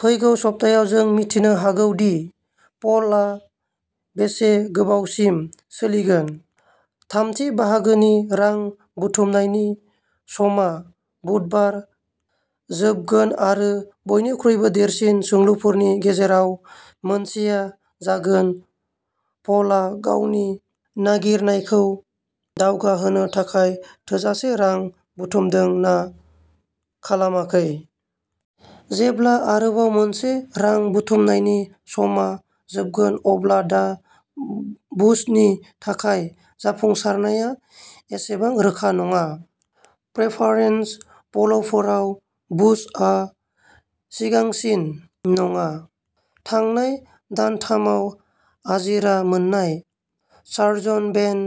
फैगौ सप्तायाव, जों मिथिनो हागौ दि पलआ बेसे गोबावसिम सोलिगोन। थामथि बाहागोनि रां बुथुमनायनि समा बुधबार जोबगोन आरो बयनिख्रुइ देरसिन सोंलुफोरनि गेजेराव मोनसेआ जागोन पलआ गावनि नागिरनायखौ दावगाहोनो थाखाय थोजासे रां बुथुमदों ना खालामाखै। जेब्ला आरोबाव मोनसे रां बुथुमनायनि समआ जोबगोन, अब्ला दा बुसनि थाखाय जाफुंसारनाया एसेबां रोखा नङा। प्रेफारेन्स प'लफोराव बुशआ सिगांसिन नङा, थांनाय दानथामाव आजिरा मोननाय सार्जन बेन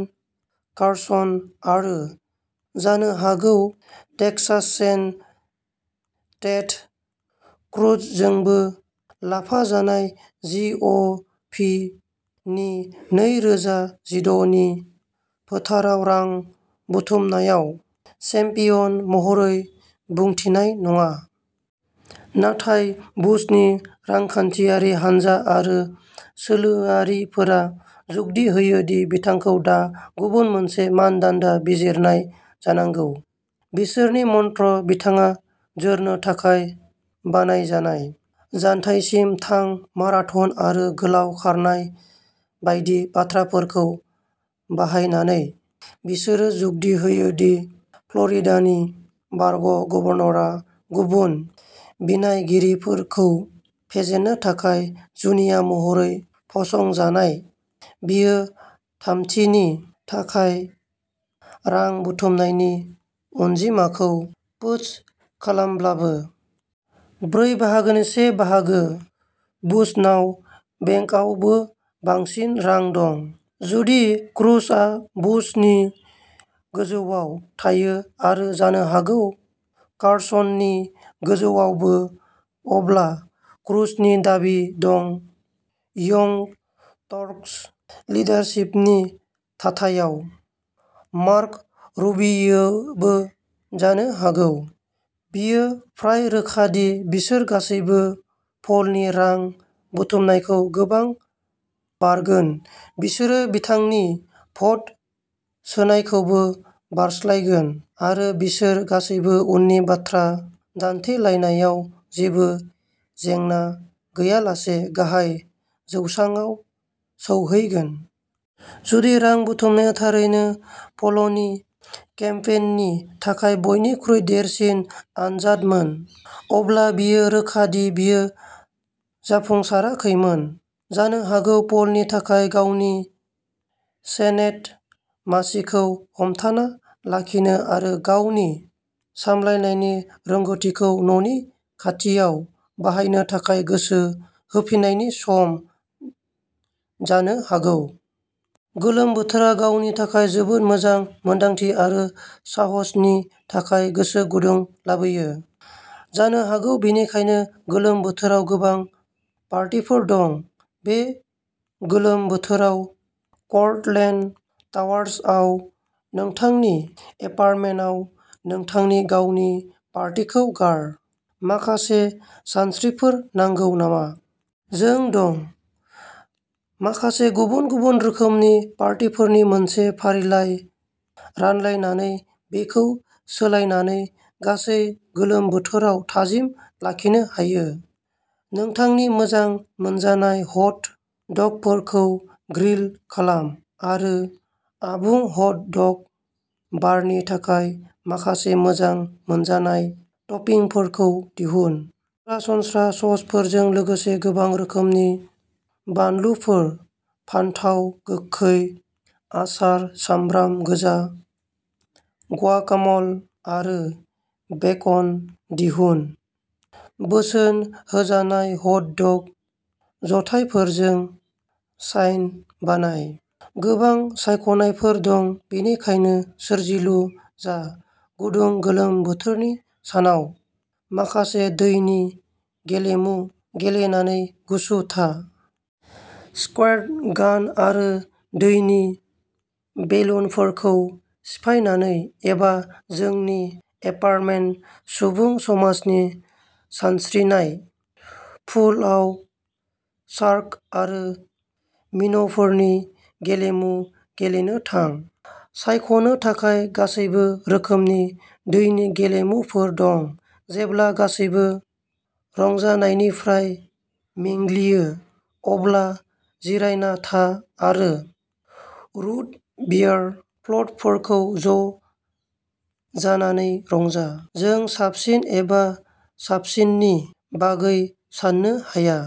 कार्सन आरो जानो हागौ टेक्सास सेन टेड क्रुजजोंबो लाफाजानाय जि अ' फि नि नै रोजा जिद' नि फोथाराव रां बुथुमनायाव चेम्पियन महरै बुंफिननाय नङा। नाथाय बुसनि रांखान्थियारि हानजा आरो सोलोआरिफोरा जुक्ति होयो दि बिथांखौ दा गुबुन मोनसे मानदान्दा बिजिरनाय जानांगौ। बिसोरनि मन्त्र बिथाङा जोरनो थाखाय बानायजानाय। जानथायसिम थां माराथन आरो गोलाव खारनाय बायदि बाथ्राफोरखौ बाहायनानै, बिसोरो जुक्ति होयो दि फ्ल'रिडानि बारग' गभर्नरआ गुबुन बिनायगिरिफोरखौ फेजेननो थाखाय जुनिया महरै फसंजानाय, बियो थामथिनि थाखाय रां बुथुमनायनि अनजिमाखौ पोस्ट खालामब्लाबो। ब्रै बाहागोनि से बाहागो। बुशनाव बेंकावबो बांसिन रां दं। जुदि क्रुजआ बुशनि गोजौआव थायो आरो जानो हागौ कार्सननि गोजौआवबो, अब्ला क्रुजनि दाबि दं यंग टर्कस लिडारशिपनि थाथायाव। मार्क'रुबियोआबो जानो हागौ। बेयो फ्राय रोखा दि बिसोर गासैबो पलनि रां बुथुमनायखौ गोबां बारगोन बिसोरो बिथांनि भट सोनायखौबो बारस्लायगोन आरो बिसोर गासैबो उननि बाथ्रा दान्थेलायनायाव जेबो जेंना गैयालासे गाहाय जौसांआव सौहैगोन। जुदि रां बुथुमनाया थारैनो पलनि केम्पेइननि थाखाय बयनिख्रुइ देरसिन आनजादमोन, अब्ला बेयो रोखा दि बेयो जाफुंसाराखैमोन। जानो हागौ पलनि थाखाय गावनि सेनेट मासिखौ हमथाना लाखिनो आरो गावनि सामलायनायनि रोंग'थिखौ न'नि खाथियाव बाहायनो थाखाय गोसो होफिननायनि सम जानो हागौ। गोलोम बोथोरा गावनि थाखाय जोबोद मोजां मोनदांथि आरो साहसनि थाखाय गोसो गुदुं लाबोयो। जानो हागौ बेनिखायनो गोलोम बोथोराव गोबां पार्टीफोर दं बे गोलोम बोथोराव कर्टलेन्ड टावार्सआव नोंथांनि एपार्टमेन्टआव नोंथांनि गावनि पार्टीखौ गार। माखासे सानस्रिफोर नांगौ नामा? जों दं। माखासे गुबुन-गुबुन रोखोमनि पार्टीफोरनि मोनसे फारिलाइ रानलायनानै बेखौ सोलायनानै गासै गोलोम बोथोराव थाजिम लाखिनो हायो। नोंथांनि मोजां मोनजानाय हट डगफोरखौ ग्रिल खालाम आरो आबुं हट डग बारनि थाखाय माखासे मोजां मोनजानाय टपिंफोरखौ दिहुन। सरासनस्रा ससफोरजों लोगोसे गोबां रोखोमनि बानलुफोर, फानथाव गोखै, आसार, सामब्राम गोजा, ग्वाकाम'ल आरो बेकन दिहुन। बोसोन होजानाय हट डग जथायफोरजों साइन बानाय। गोबां सायख'नायफोर दं, बेनिखायनो सोरजिलु जा गुदुं गोलोम बोथोरनि सानाव माखासे दैनि गेलेमु गेलेनानै गुसु था। स्कुइर्ट गान आरो दैनि बेलुनफोरखौ सिफायनानै एबा जोंनि एपार्टमेन्ट सुबुं समाजनि सानस्रिनाय पुलआव शार्क आरो मिन'फोरनि गेलेमु गेलेनो थां। सायख'नो थाखाय गासैबो रोखोमनि दैनि गेलेमुफोर दं जेब्ला गासैबो रंजानायनिफ्राय मेंग्लियो, अब्ला जिरायना था आरो रुट बियार फ्ल'टफोरखौ ज' जानानै रंजा। जों साबसिन एबा साबसिननि बागै साननो हाया।